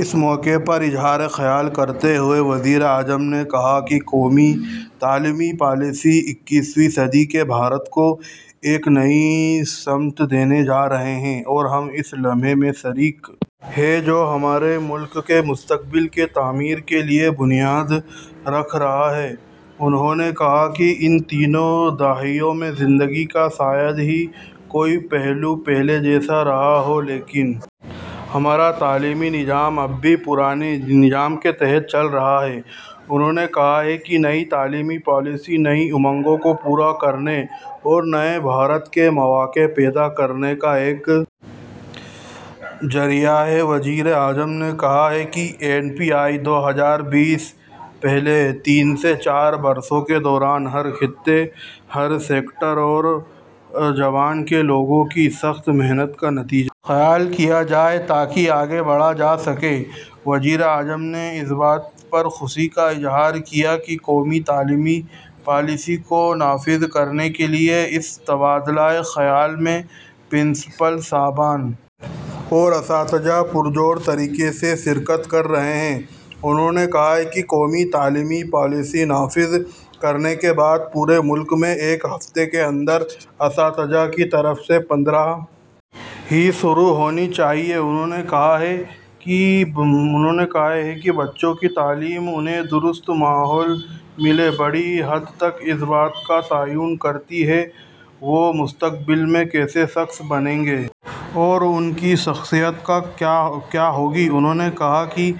اس موقع پر اظہار خیال کرتے ہوئے وزیر اعظم نے کہا کہ قومی تعلیمی پالیسی اکیسویں صدی کے بھارت کو ایک نئی سمت دینے جا رہی ہے اور ہم اس لمحے میں شریک ہیں جو ہمارے ملک کے مستقبل کی تعمیر کے لیے بنیاد رکھ رہا ہے انہوں نے کہا کہ ان تین دہائیوں میں زندگی کا شاید ہی کوئی پہلو پہلے جیسا رہا ہو لیکن ہمارا تعلیمی نظام اب بھی پرانے نظام کے تحت چل رہا ہے انہوں نے کہا کہ نئی تعلیمی پالیسی نئی امنگوں کو پورا کرنے اور نئے بھارت کے مواقع پیدا کرنے کا ایک ذریعہ ہے وزیر اعظم نے کہا کہ این ای پی دو ہزار بیس پچھلے تین سے چار برسوں کے دوران ہر خطے ہر سیکٹر اور زبان کے لوگوں کی سخت محنت کا نتیجہ خیال کیا جائے تاکہ آگے بڑھا جا سکے وزیر اعظم نے اس بات پر خوشی کا اظہار کیا کہ قومی تعلیمی پالیسی کو نافذ کرنے کے لیے اس تبادلہ خیال میں پرنسپل صاحبان اور اساتذہ پرجوش طریقے سے شرکت کر رہے ہیں انہوں نے کہا کہ قومی تعلیمی پالیسی نافذ کرنے کے بارے میں پورے ملک سے ایک ہفتے کے اندر اساتذہ کی طرف سے پندرہ ہی شروع ہونی چاہیے انہوں نے کہا کہ بچوں کی تعلیم کہ انہیں درست ماحول ملے بڑی حد تک اس بات کا تعین کرتی ہے کہ وہ مستقبل میں کیسے شخص بنیں گے اور ان کی شخصیت کیا ہو گی انہوں نے کہا کہ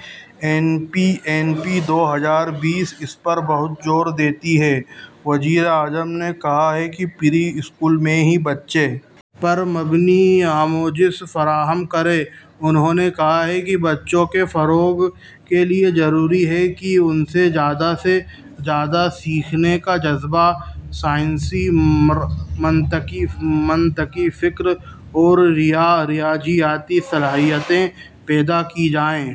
این ای پی دو ہزار بیس اس پر بہت زور دیتی ہے وزیر اعظم نے کہا کہ پری اسکول میں ہی بچے پر مبنی آموزش فراہم کریں انہوں نے کہا کہ بچے کے فروغ کے لیے ضروری ہے کہ اس میں زیادہ سے زیادہ سیکھنے کا جذبہ سائنسی اور منطقی فکر اور ریاضیاتی صلاحیتیں پیدا کی جائیں